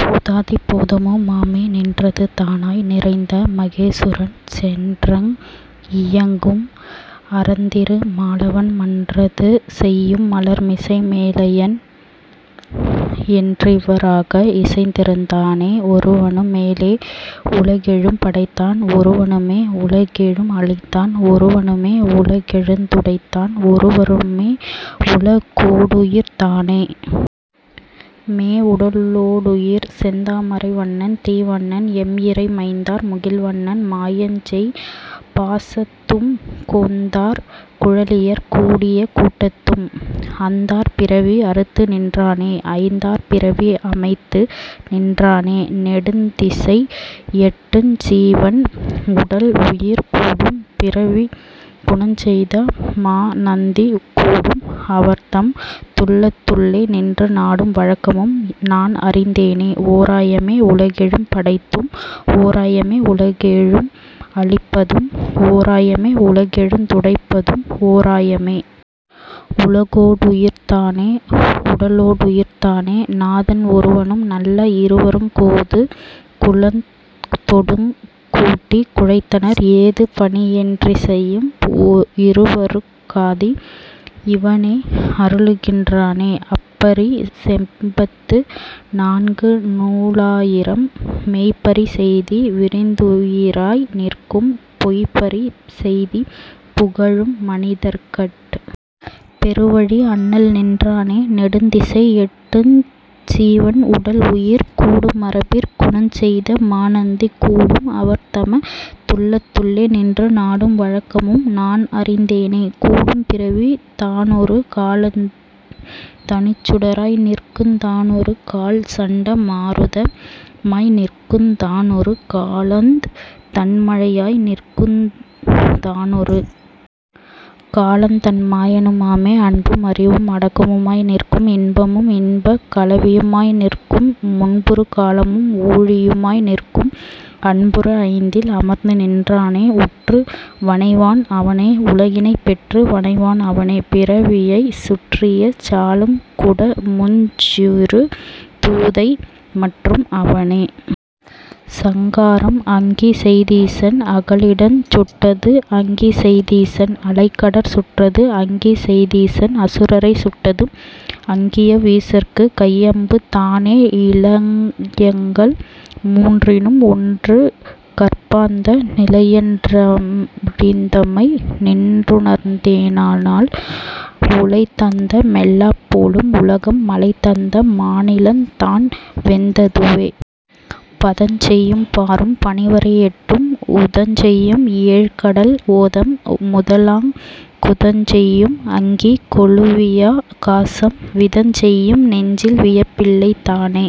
போதாதி போதமு மாமே நின்றது தானாய் நிறைந்த மகேசுரன் சென்றங் கியங்கும் அரந்திரு மாலவன் மன்றது செய்யும் மலர்மிசை மேலயன் என்றிவ ராக இசைந்திருந் தானே ஒருவனு மேஉல கேழும் படைத்தான் ஒருவனு மேஉல கேழும் அளித்தான்। ஒருவனு மேஉல கேழுந் துடைத்தான் ஒருவனு.. மேஉல கோடுயிர் தானே.. மேஉடலோடுயிர் செந்தா மரைவண்ணன் தீவண்ணன் எம் இறை மைந்தார் முகில்வண்ணன் மாயஞ்செய் பாசத்தும் கொந்தார் குழலியர் கூடிய கூட்டத்தும்.. அந்தார் பிறவி அறுத்துநின் றானே.. ஐந்தார் பிறவி அமைத்து நின்றானே தேடுந் திசைஎட்டுஞ் சீவன் உடல்உயிர் கூடும் பிறவிக் குணஞ்செய்த மாநந்தி ஊடும் அவர்தம் துள்ளத்துள் ளேநின்று நாடும் வழக்கமும் நான்அறிந் தேனே ஓராய மேஉல கேழும் படைப்பதும் ஓராய மேஉல கேழும் அளிப்பதும் ஓராய மேஉல கேழுந் துடைப்பதும் ஓராய மே.. உல கோடுயிர் தானே.. உடலோடுயிர் தானே நாதன் ஒருவனும் நல்ல இருவருங் கோது குலத்தொடுங் கூட்டிக் குழைத்தனர் ஏது பணியென் றிசையும் இருவருக் காதி இவனே அருளுகின் றானே அப்பரி செண்பத்து நான்குநூ றாயிரம் மெய்ப்பரி செய்தி விரிந்துயி ராய்நிற்கும் பொய்ப்பரி செய்திப் புகலும் மனிதர்கட் பெருவழி அண்ணல் நின்றானே தேடுந் திசைஎட்டுஞ் சீவன் உடல்உயிர்.. கூடு மரபிற் குணஞ்செய்த மாநந்தி ஊடும் அவர்தம துள்ளத்து ளேநின்று நாடும் வழக்கமும் நான்அறிந் தேனே.. கூடும்பிறவிக் தானொரு காலந் தனிச்சுட ராய்நிற்குந் தானொரு கால்சண்ட மாருத மாய்நிற்குந் தானொரு காலந் தண்மழை யாய்நிற்குந் தானொரு காலந்தண் மாயனு மாமே அன்பும் அறிவும் அடக்கமு மாய்நிற்கும் இன்பமும் இன்பக் கலவியு மாய்நிற்கும் முன்புறு காலமும் ஊழியு மாய்நிற்கும் அன்புற ஐந்தில் அமர்ந்துநின் றானே உற்று வனைவான் அவனே உலகினைப் பெற்று வனைவான் அவனே பிறவியைச் சுற்றிய சாலுங் குடமுஞ் சிறுதூதை மற்றும் அவனே சங்காரம் அங்கிசெய் தீசன் அகலிடஞ் சுட்டது அங்கிசெய் தீசன் அலைகடற் சுட்டது அங்கிசெய் தீசன் அசுரரைச் சுட்டது அங்கியவ் வீசற்குக் கைஅம்பு தானே இலயங்கள் மூன்றினும் ஒன்றுகற் பாந்த நிலையன் றழிந்தமை நின்றுணர்ந் தேனால் உலைதந்த மெல்லா போலும் உலகம் மலைதந்த மானிலந் தான்வெந் ததுவே பதஞ்செய்யும் பாரும் பனிவரை எட்டும் உதஞ்செய்யும் ஏழ்கடல் ஓதம் முதலாங் குதஞ்செய்யும் அங்கி கொளுவியா காசம் விதஞ்செய்யும் நெஞ்சில் வியப்பில்லை தானே